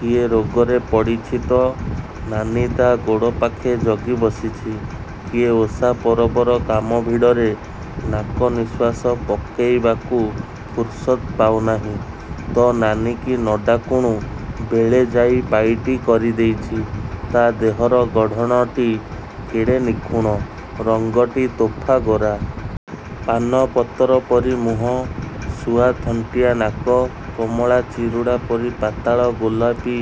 କିଏ ରୋଗରେ ପଡ଼ିଛି ତ ନାନୀ ତା' ଗୋଡ଼ପାଖେ ଜଗି ବସିଛି, କିଏ ଓଷା ପରବର କାମ ଭିଡ଼ରେ ନାକ ନିଃଶ୍ୱାସ ପକେଇବାକୁ ଫୁରୁସତ୍ ପାଉନାହିଁ ତ ନାନୀକି ନ ଡାକୁଣୁ ବେଳେ ଯାଇ ପାଇଟି କରି ଦେଇଛି। ତା' ଦେହର ଗଢ଼ଣଟି କେଡ଼େ ନିଖୁଣ, ରଙ୍ଗଟି ତୋଫା ଗୋରା। ପାନ ପତର ପରି ମହଁ, ଶୁଆ ଥଣ୍ଟିଆ ନାକ, କମଳା ଚିରୁଡ଼ା ପରି ପାତଳ ଗୋଲାପି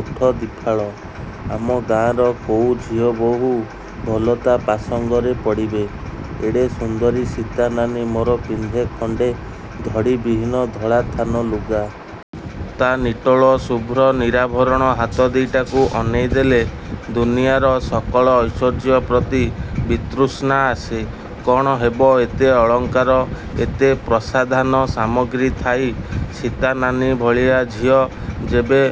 ଓଠ ଦିଫାଳ, ଆମ ଗାଆଁର କୋଉ ଝିଅ ବୋହୂ ଭଲା ତା' ପାସଙ୍ଗରେ ପଡ଼ିବେ? ଏଡ଼େ ସୁନ୍ଦରୀ ସୀତା ନାନୀ ମୋର ପିନ୍ଧେ ଖଣ୍ଡେ ଧଡ଼ି ବିହିନ ଧଳା ଥାନ ଲୁଗା। ତା' ନିଟୋଳ ଶୁଭ୍ର ନିରାଭରଣ ହାତ ଦି'ଟାକୁ ଅନେଇ ଦେଲେ, ଦୁନିଆର ସକଳ ଐଶ୍ୱର୍ଯ୍ୟ ପ୍ରତି ବିତୃଷ୍ଣା ଆସେ। କ'ଣ ହେବ ଏତେ ଅଳଙ୍କାର, ଏତେ ପ୍ରସାଧାନ ସାମଗ୍ରୀ ଥାଇ, ସୀତା ନାନୀ ଭଳିଆ ଝିଅ, ଯେବେ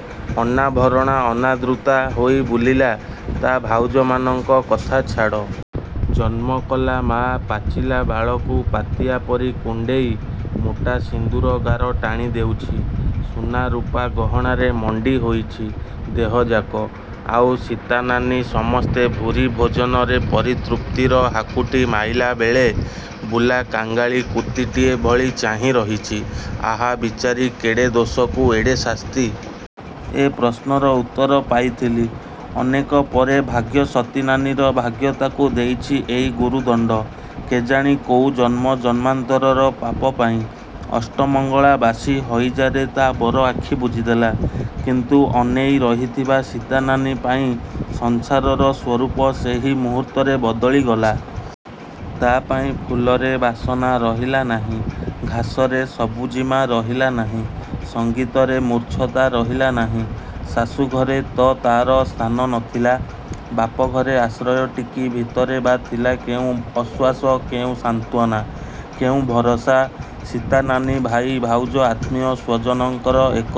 ଅନାଭରଣା ଅନାଦୃତା ହୋଇ ବୁଲିଲା? ତା' ଭାଉଜମାନଙ୍କ କଥା ଛାଡ଼। ଜନ୍ମ କଲା ମାଆ, ପାଚିଲା ବାଳକୁ ପାତିଆ ପରି କୁଣ୍ଡେଇଁ, ମୋଟା ସିନ୍ଦୁର ଗାର ଟାଣି ଦେଉଛି। ସୁନା, ରୁପା ଗହଣାରେ ମଣ୍ଡି ହୋଇଛି ଦେହ ଯାକ, ଆଉ ସୀତା ନାନୀ? ସମସ୍ତେ ଭୂରି ଭୋଜନରେ ପରିତୃପ୍ତିର ହାକୁଟି ମାଇଲା ବେଳେ, ବୁଲା କାଙ୍ଗାଳି କୁତୀଟିଏ ଭଳି ଚାହିଁ ରହିଛି ଆହା ବିଚାରି କେଡ଼େ ଦୋଷକୁ ଏଡ଼େ ଶାସ୍ତି? ଏ ପ୍ରଶ୍ନର ଉତ୍ତର ପାଇଥିଲି ଅନେକ ପରେ ଭାଗ୍ୟ ସତୀ ନାନୀର ଭାଗ୍ୟ ତାକୁ ଦେଇଛି ଏଇ ଗୁରୁ-ଦଣ୍ଡ। କେଜାଣି କୋଉ ଜନ୍ମ ଜନ୍ମାନ୍ତରର ପାପ ପାଇଁ। ଅଷ୍ଟମଙ୍ଗଳା ବାସୀ ହଇଜାରେ ତା'ବର ଆଖି ବୁଜି ଦେଲା, କିନ୍ତୁ ଅନେଇ ରହିଥିବା ସୀତା ନାନୀ ପାଇଁ ସଂସାରର ସ୍ୱରୂପ ସେହି ମୁହୂର୍ତ୍ତରେ ବଦଳି ଗଲା। ତା' ପାଇଁ ଫୁଲରେ ବାସନା ରହିଲା ନାହିଁ- ଘାସରେ ସବୁଜିମା ରହିଲା ନାହିଁ–ସଙ୍ଗୀତରେ ମୂର୍ଚ୍ଛତା ରହିଲା ନାହିଁ। ଶାଶୁଘରେ ତ ତା'ର ସ୍ଥାନ ନଥିଲା, ବାପ ଘରେ ଆଶ୍ରୟଟିକି ଭିତରେ ବା ଥିଲା କେଉଁ ଆଶ୍ୱାସ କେଉଁ ସାନ୍ତ୍ୱନା, କେଉଁ ଭରସା? ସୀତା ନାନୀ ଭାଇ, ଭାଉଜ ଆତ୍ମୀୟ ସ୍ୱଜନଙ୍କର ଏକ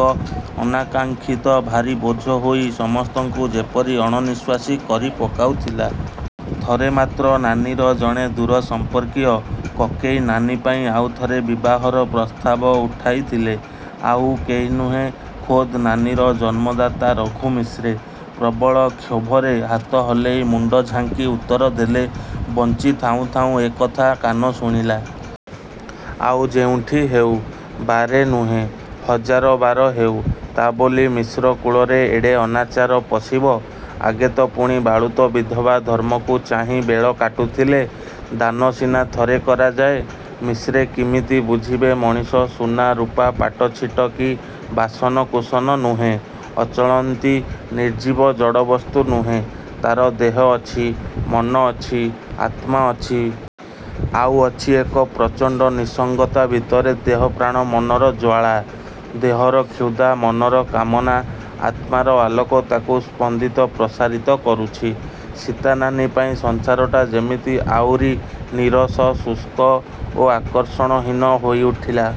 ଅନାକାଂକ୍ଷିତ ଭାରି ବୋଝ ହୋଇ ସମସ୍ତଙ୍କୁ ଯେପରି ଅଣନିଃଶ୍ୱାସୀ କରିପକାଉଥିଲା। ଥରେ ମାତ୍ର ନାନୀର ଜଣେ ଦୂର ସଂପର୍କୀୟ କକେଇ ନାନୀ ପାଇଁ ଆଉଥରେ ବିବାହର ପ୍ରସ୍ତାବ ଉଠାଇଥିଲେ। ଆଉ କେହି ନୁହେଁ–ଖୋଦ୍ ନାନୀର ଜନ୍ମଦାତା ରଘୁ ମିଶ୍ରେ ପ୍ରବଳ କ୍ଷୋଭରେ ହାତ ହଲେଇ ମୁଣ୍ଡ ଝାଙ୍କି ଉତ୍ତର ଦେଲେ, ବଞ୍ଚି ଥାଉଁ ଥାଉଁ ଏ କଥା କାନ ଶୁଣିଲା! ଆଉ ଯେଉଁଠି ହେଉ, ବାରେ ନୁହେଁ ହଜାର ବାର ହେଉ, ତା' ବୋଲି ମିଶ୍ର କୁଳରେ ଏଡ଼େ ଅନାଚାର ପଶିବ? ଆଗେ ତ ପୁଣି ବାଳୁତ ବିଧବା ଧର୍ମକୁ ଚାହିଁ ବେଳ କାଟୁଥିଲେ। ଦାନ ସିନା ଥରେ କରାଯାଏ? ମିଶ୍ରେ କିମିତି ବୁଝିବେ ମଣିଷ ସୁନା, ରୁପା, ପାଟ ଛିଟ କି ବାସନକୁଶନ ନୁହେଁ–ଅଚଳନ୍ତି, ନିର୍ଜୀବ, ଜଡ଼ ବସ୍ତୁ ନୁହେଁ – ତା'ର ଦେହ ଅଛି, ମନ ଅଛି ଆତ୍ମା ଅଛି! ଆଉ ଅଛି ଏକ ପ୍ରଚଣ୍ଡ ନିଃସଙ୍ଗତା ଭିତରେ ଦେହ ପ୍ରାଣ ମନର ଜ୍ୱାଳା! ଦେହର କ୍ଷୁଧା, ମନର କାମନା, ଆତ୍ମାର ଆଲୋକ ତାକୁ ସ୍ପନ୍ଦିତ ପ୍ରସାରିତ କରୁଛି! ସୀତା ନାନୀ ପାଇଁ ସଂସାରଟା ଯେମିତି ଆଉରି ନୀରସ, ଶୁଷ୍କ ଓ ଆକର୍ଷଣହୀନ ହୋଇ ଉଠିଲା